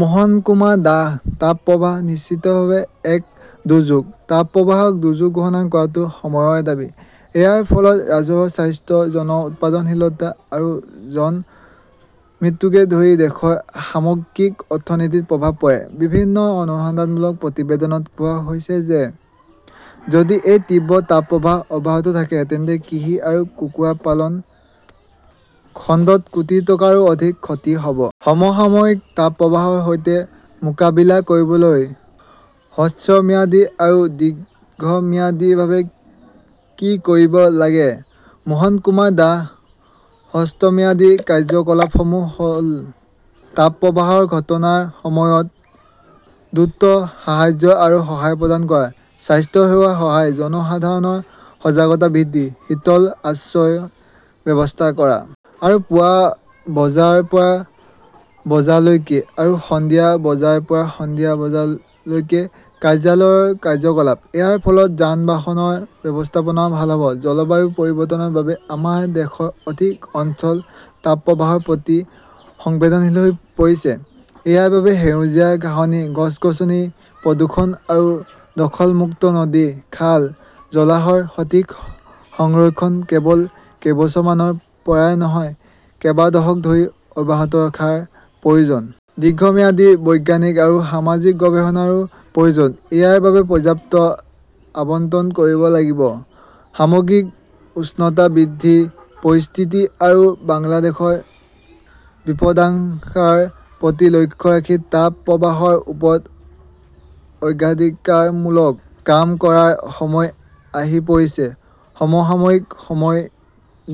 মোহন কুমাৰ দাশ তাপপ্ৰবাহ নিশ্চিতভাৱে এক দুৰ্যোগ। তাপপ্ৰবাহক দুৰ্যোগ ঘোষণা কৰাটো সময়ৰ দাবী। ইয়াৰ ফলত ৰাজহুৱা স্বাস্থ্য, জন-উৎপাদনশীলতা আৰু জন-মৃত্যুকে ধৰি দেশৰ সামগ্ৰিক অৰ্থনীতিত প্ৰভাৱ পৰে। বিভিন্ন অনুসন্ধানমূলক প্ৰতিবেদনত কোৱা হৈছে যে যদি এই তীব্ৰ তাপপ্ৰবাহ অব্যাহত থাকে তেন্তে কৃষি আৰু কুকুৰা পালন খণ্ডত কোটি টকাৰো অধিক ক্ষতি হ 'ব। সমসাময়িক তাপপ্ৰবাহৰ সৈতে মোকাবিলা কৰিবলৈ হ্ৰস্বম্যাদী আৰু দীৰ্ঘম্যাদীভাৱে কি কৰিব লাগে? মোহন কুমাৰ দাস হ্ৰস্বম্যাদী কাৰ্যকলাপসমূহ হʼল-তাপপ্ৰবাহৰ ঘটনাৰ সময়ত দ্ৰুত সাহায্য আৰু সহায় প্ৰদান কৰা, স্বাস্থ্যসেৱাৰ সহায়, জনসাধাৰণৰ সজাগতা বৃদ্ধি, শীতল আশ্ৰয়ৰ ব্যৱস্থা কৰা। আৰু পুৱা বজাৰ পৰা বজালৈকে আৰু সন্ধিয়া বজাৰ পৰা সন্ধিয়া বজালৈকে কাৰ্যালয়ৰ কাৰ্যকলাপ। ইয়াৰ ফলত যান-বাহনৰ ব্যৱস্থাপনাও ভাল হʼব। জলবায়ু পৰিৱৰ্তনৰ বাবে আমাৰ দেশৰ অধিক অঞ্চল তাপপ্ৰবাহৰ প্ৰতি সংবেদনশীল হৈ পৰিছে। ইয়াৰ বাবে সেউজীয়া ঘাঁহনি, গছ-গছনি, প্ৰদূষণ আৰু দখল-মুক্ত নদী, খাল, জলাশয়ৰ সঠিক সংৰক্ষণ কেৱল কেইবছৰমানৰ পৰাই নহয়, কেইবা দশক ধৰি অব্যাহত ৰখাৰ প্ৰয়োজন। দীৰ্ঘম্যাদী বৈজ্ঞানিক আৰু সামাজিক গৱেষণাৰো প্ৰয়োজন। ইয়াৰ বাবে পৰ্যাপ্ত আবণ্টন কৰিব লাগিব। সামগ্ৰিক উষ্ণতা বৃদ্ধিৰ পৰিস্থিতি আৰু বাংলাদেশৰ বিপদাশংকাৰ প্ৰতি লক্ষ্য ৰাখি তাপ প্ৰবাহৰ ওপৰত অগ্ৰাধিকাৰমূলক কাম কৰাৰ সময় আহি পৰিছে। সমসাময়িক সময়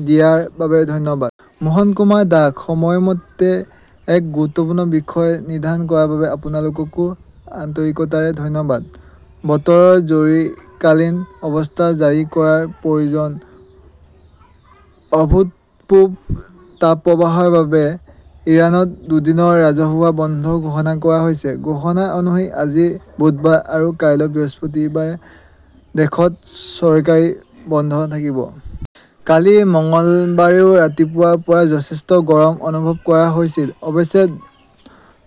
দিয়াৰ বাবে ধন্যবাদ। মোহন কুমাৰ দাস সময়মতে এক গুৰুত্বপূৰ্ণ বিষয় নিৰ্ধাৰণ কৰাৰ বাবে আপোনালোককো আন্তৰিকতাৰে ধন্যবাদ। বতৰৰ জৰুৰীকালীন অৱস্থা জাৰি কৰাৰ প্ৰয়োজন অভূতপূৰ্ব তাপপ্ৰবাহৰ বাবে ইৰাণত দুদিনৰ ৰাজহুৱা বন্ধ ঘোষণা কৰা হৈছে। ঘোষণা অনুসৰি আজি বুধবাৰ আৰু কাইলৈ বৃহস্পতিবাৰে দেশত চৰকাৰী বন্ধ থাকিব। কালি মঙলবাৰেও ৰাতিপুৱাৰ পৰা যথেষ্ট গৰম অনুভৱ কৰা হৈছিল। অৱশ্যে,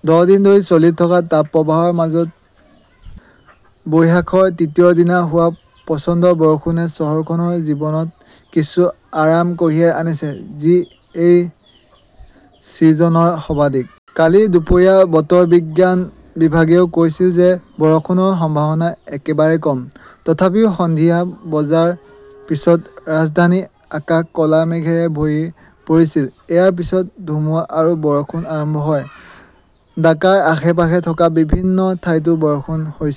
দহ দিন ধৰি চলি থকা তাপপ্ৰবাহৰ মাজত বৈশাখৰ তৃতীয় দিনা হোৱা প্ৰচণ্ড বৰষুণে চহৰখনৰ জীৱনত কিছু আৰাম কঢ়িয়াই আনিছে। যি এই ছিজনৰ সৰ্বাধিক। কালি দুপৰীয়া বতৰ বিজ্ঞান বিভাগেও কৈছিল যে বৰষুণৰ সম্ভাৱনা একেবাৰে কম। তথাপিও সন্ধিয়া বজাৰ পিছত ৰাজধানীৰ আকাশ ক 'লা মেঘৰে ভৰি পৰিছিল। ইয়াৰ পিছত ধুমুহা আৰু বৰষুণ আৰম্ভ হয়। ঢাকাৰ আশে-পাশে থকা বিভিন্ন ঠাইতো বৰষুণ হৈছে।